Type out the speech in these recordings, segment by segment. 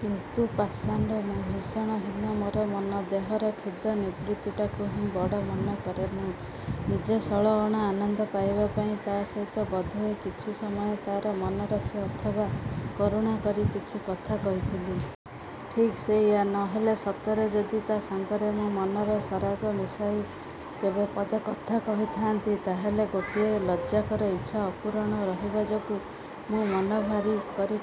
କିନ୍ତୁ ପାଷାଣ୍ଡ ମୁଁ। ଭୀଷଣ ହୀନ ମୋର ମନ। ଦେହର କ୍ଷୁଧା ନିବୃତ୍ତିଟାକୁ ହିଁ ବଡ଼ ମନ କରେ ମୁଁ। ନିଜେ ଷୋଳଅଣା ଆନନ୍ଦ ପାଇବା ପାଇଁ ତା' ସହିତ ବୋଧହୁଏ କିଛି ସମୟ ତା'ର ମନ ରଖି ଅଥବା କରୁଣା କରି କିଛି କଥା କହିଥିଲି। ଠିକ୍ ସେଇଆ। ନହେଲେ ସତରେ ଯଦି ତା' ସାଙ୍ଗରେ ମୁଁ ମନର ସରାଗ ମିଶାଇ କେବେ ପଦେ କଥା କହିଥାନ୍ତି, ତାହାହେଲେ ଗୋଟିଏ ଲଜ୍ଜାକର ଇଚ୍ଛା ଅପୂରଣ ରହିବା ଯୋଗୁଁ ମୁଁ ମନ ଭାରି କରି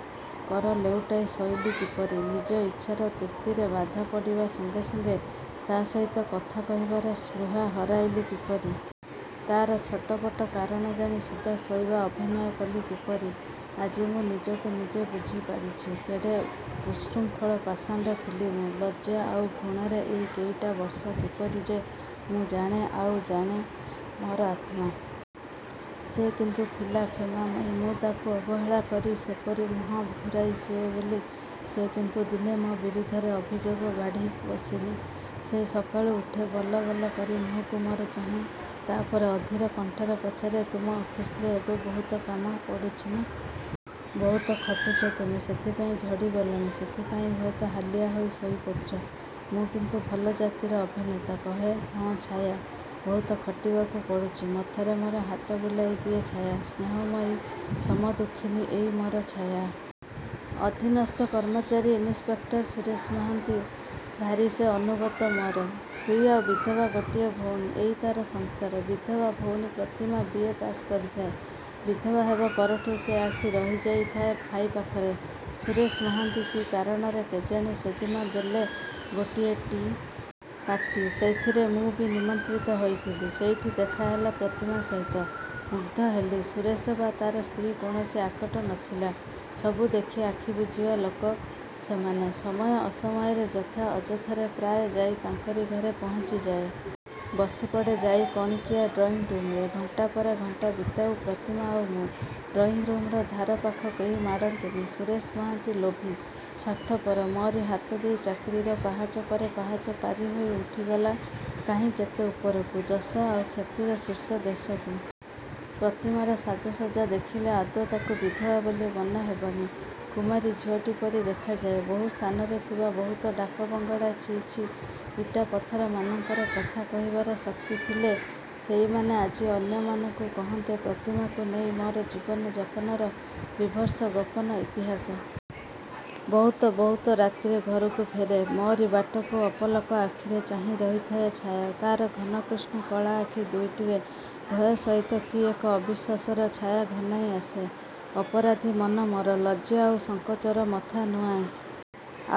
କର ଲେଉଟାଇ ଶୋଇଲି କିପରି? ନିଜ ଇଚ୍ଛାର ତୃପ୍ତିରେ ବାଧା ପଡ଼ିବା ସଙ୍ଗେ ସଙ୍ଗେ ତା' ସହିତ କଥା କହିବାର ସ୍ପୃହା ହରାଇଲି କିପରି? ତା'ର ଛଟପଟ କାରଣ ଜାଣି ସୁଦ୍ଧା ଶୋଇବା ଅଭିନୟ କଲି କିପରି? ଆଜି ମୁଁ ନିଜକୁ ନିଜେ ବୁଝି ପାରିଛି, କେଡ଼େ ଉଚ୍ଛୃଙ୍ଖଳ ପାଷାଣ୍ଡ ଥିଲି ମୁଁ। ଲଜ୍ଜା ଆଉ ଘୃଣାରେ ଏଇ କେଇଟା ବର୍ଷ କିପରି ଯେ ମୁଁ ଜାଣେ ଆଉ ଜଣେ ମୋର ଆତ୍ମା। ସେ କିନ୍ତୁ ଥିଲା କ୍ଷମାମୟୀ। ମୁଁ ତାଙ୍କୁ ଅବହେଳା କରି ସେପରି ମୁହଁ ଘୂରାଇ ଶୁଏ ବୋଲି, ସେ କିନ୍ତୁ ଦିନେ ମୋ ବିରୁଦ୍ଧରେ ଅଭିଯୋଗ ବାଢ଼ି ବସିନି। ସେ ସକାଳୁ ଉଠେ। ବଲ ବଲ କରି ମୁହଁକୁ ମୋର ଚାହେଁ। ତା' ପରେ ଅଧୀର କଣ୍ଠରେ ପଚାରେ ତୁମ ଅଫିସରେ ଏବେ ବହୁତ କାମ ପଡ଼ୁଛି ନା? ବହୁତ ଖଟୁଛ ତୁମେ ସେଥିପାଇଁ ଝଡ଼ି ଗଲଣି, ସେଇଥିପାଇଁ ହୁଏତ ହାଲିଆ ହୋଇ ଶୋଇ ପଡ଼ୁଛ। ମୁଁ କିନ୍ତୁ ଭଲ ଜାତିର ଅଭିନେତା। କହେ ହଁ ଛାୟା, ବହୁତ ଖଟିବାକୁ ପଡ଼ୁଛି। ମଥାରେ ମୋର ହାତ ବୁଲାଇ ଦିଏ ଛାୟା, ସ୍ନେହମୟୀ, ସମଦୁଃଖିନୀ ଏଇ ମୋର ଛାୟା। ଅଧୀନସ୍ଥ କର୍ମଚାରୀ ଇନ୍‌ସପେକ୍ଟର ସୁରେଶ ମହାନ୍ତି। ଭାରି ସେ ଅନୁଗତ ମୋର। ସ୍ତ୍ରୀ ଆଉ ବିଧବା ଗୋଟିଏ ଭଉଣୀ। ଏଇ ତା'ର ସଂସାର। ବିଧବା ଭଉଣୀ ପ୍ରତିମା ବି. ଏ. ପାସ୍ କରିଥାଏ। ବିଧବା ହେବା ପରଠୁ ସେ ଆସି ରହିଯାଇଥାଏ ଭାଇ ପାଖରେ। ସୁରେଶ ମହାନ୍ତି କି କାରଣରେ କେଜାଣି ସେଦିନ ଦେଲେ ଗୋଟିଏ ଟି. ପାର୍ଟି। ସେଇଥିରେ ମୁଁ ବି ନିମନ୍ତ୍ରିତ ହୋଇଥିଲି। ସେଇଠି ଦେଖାହେଲା ପ୍ରତିମା ସହିତ। ମୁଗ୍ଧ ହେଲି। ସୁରେଶ ବା ତା'ର ସ୍ତ୍ରୀର କୌଣସି ଆକଟ ନ ଥିଲା। ସବୁ ଦେଖି ଆଖି ବୁଜିବା ଲୋକ ସେମାନେ। ସମୟ ଅସମୟରେ ଯଥା ଅଯଥାରେ ପ୍ରାୟ ଯାଇ ତାଙ୍କରି ଘରେ ପହଞ୍ଚି ଯାଏ। ବସି ପଡ଼େ ଯାଇ କଣିକିଆ ଡ୍ରଇଂରୁମ୍‌ରେ। ଘଣ୍ଟା ପରେ ଘଣ୍ଟା ବିତାଉ, ପ୍ରତିମା ଆଉ ମୁଁ। ଡ୍ରଇଂରୁମ୍‌ର ଧାର ପାଖ କେହି ମାଡ଼ନ୍ତିନି। ସୁରେଶ ମହାନ୍ତି ଲୋଭୀ, ସ୍ୱାର୍ଥପର। ମୋରି ହାତ ଦେଇ ଚାକିରିର ପାହାଚ ପରେ ପାହାଚ ପାରି ହୋଇ ଉଠିଗଲା କାହିଁ କେତେ ଉପରକୁ, ଯଶ ଆଉ ଖ୍ୟାତିର ଶୀର୍ଷଦେଶକୁ। ପ୍ରତିମାର ସାଜସଜ୍ଜା ଦେଖିଲେ ଆଦୌ ତାକୁ ବିଧବା ବୋଲି ମନେ ହେବନି। କୁମାରୀ ଝିଅଟି ପରି ଦେଖାଯାଏ। ବହୁ ସ୍ଥାନରେ ଥିବା ବହୁତ ଡାକବଙ୍ଗଳା ଛି, ଛି ଇଟା ପଥରମାନଙ୍କର କଥା କହିବାର ଶକ୍ତି ଥିଲେ ସେଇମାନେ ଆଜି ଅନ୍ୟମାନଙ୍କୁ କହନ୍ତେ ପ୍ରତିମାକୁ ନେଇ ମୋର ଜୀବନ ଯାପନର ବୀଭତ୍ସ ଗୋପନ ଇତିହାସ। ବହୁତ, ବହୁତ ରାତିରେ ଘରକୁ ଫେରେ। ମୋରି ବାଟକୁ ଅପଲୋକ ଆଖିରେ ଚାହିଁ ରହିଥାଏ ଛାୟା। ତା'ର ଘନକୃଷ୍ଣ କଳା ଆଖି ଦୁଇଟିରେ ଭୟ ସହିତ କି ଏକ ଅବିଶ୍ୱାସର ଛାୟା ଘନାଇ ଆସେ। ଅପରାଧୀ ମନ ମୋର। ଲଜ୍ଜା ଆଉ ସଂକୋଚରେ ମଥା ନୁଆଁଏ।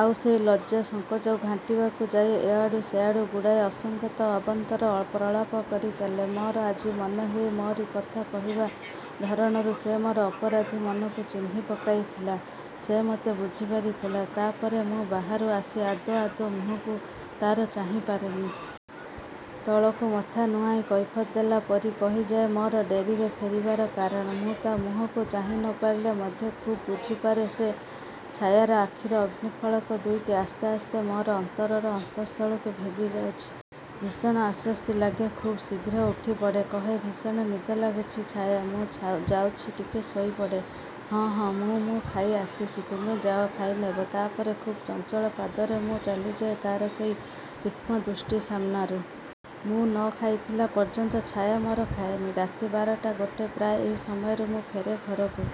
ଆଉ ସେଇ ଲଜ୍ଜା ସଂକୋଚକୁ ଘାଣ୍ଟିବାକୁ ଯାଇ ଏଆଡ଼ୁ ସେଆଡ଼ୁ ଗୁଡ଼ାଏ ଅସଙ୍ଗତ ଅବାନ୍ତର ଅଳ ପ୍ରଳାପ କରି ଚାଲେ। ମୋର ଆଜି ମନେ ହୁଏ ମୋରି କଥା କହିବା ଧରଣରୁ ସେ ମୋର ଅପରାଧୀ ମନକୁ ଚିହ୍ନି ପକାଇଥିଲା। ସେ ମତେ ବୁଝି ପାରିଥିଲା। ତା' ପରେ ମୁଁ ବାହାରୁ ଆସି ଆଦୌ, ଆଦୌ ମୁହଁକୁ ତା'ର ଚାହିଁ ପାରେନି। ତଳକୁ ମଥା ନୁଆଁଇ କୈଫିୟତ୍ ଦେଲା ପରି କହିଯାଏ ମୋର ଡେରିରେ ଫେରିବାର କାରଣ। ମୁଁ ତା' ମୁହଁକୁ ଚାହିଁ ନ ପାରିଲେ ମଧ୍ୟ ଖୁବ୍ ବୁଝି ପାରେ ଯେ ଛାୟାର ଆଖିର ଅଗ୍ନିଫଳକ ଦୁଇଟି ଆସ୍ତେ ଆସ୍ତେ ମୋର ଅନ୍ତରର ଅନ୍ତଃସ୍ଥଳକୁ ଭେଦି ଯାଉଛି। ଭୀଷଣ ଅସ୍ୱସ୍ତି ଲାଗେ। ଖୁବ୍ ଶୀଘ୍ର ଉଠି ପଡ଼େ। କହେ ଭୀଷଣ ନିଦ ଲାଗୁଛି ଛାୟା। ମୁଁ ଛା ଯାଉଛି ଟିକେ ଶୋଇ ପଡ଼େ। ହଁ, ହଁ ମୁଁ, ମୁଁ ଖାଇ ଆସିଛି। ତୁମେ ଯାଅ ଖାଇନେବ। ତା' ପରେ ଖୁବ୍ ଚଞ୍ଚଳ ପାଦରେ ମୁଁ ଚାଲିଯାଏ ତା'ର ସେଇ ତୀକ୍ଷ୍ଣ ଦୃଷ୍ଟି ସାମନାରୁ। ମୁଁ ନ ଖାଇଥିଲା ପର୍ଯ୍ୟନ୍ତ ଛାୟା ମୋର ଖାଏନି। ରାତି ବାରଟା, ଗୋଟେ ପ୍ରାୟ ଏହି ସମୟରେ ମୁଁ ଫେରେ ଘରକୁ।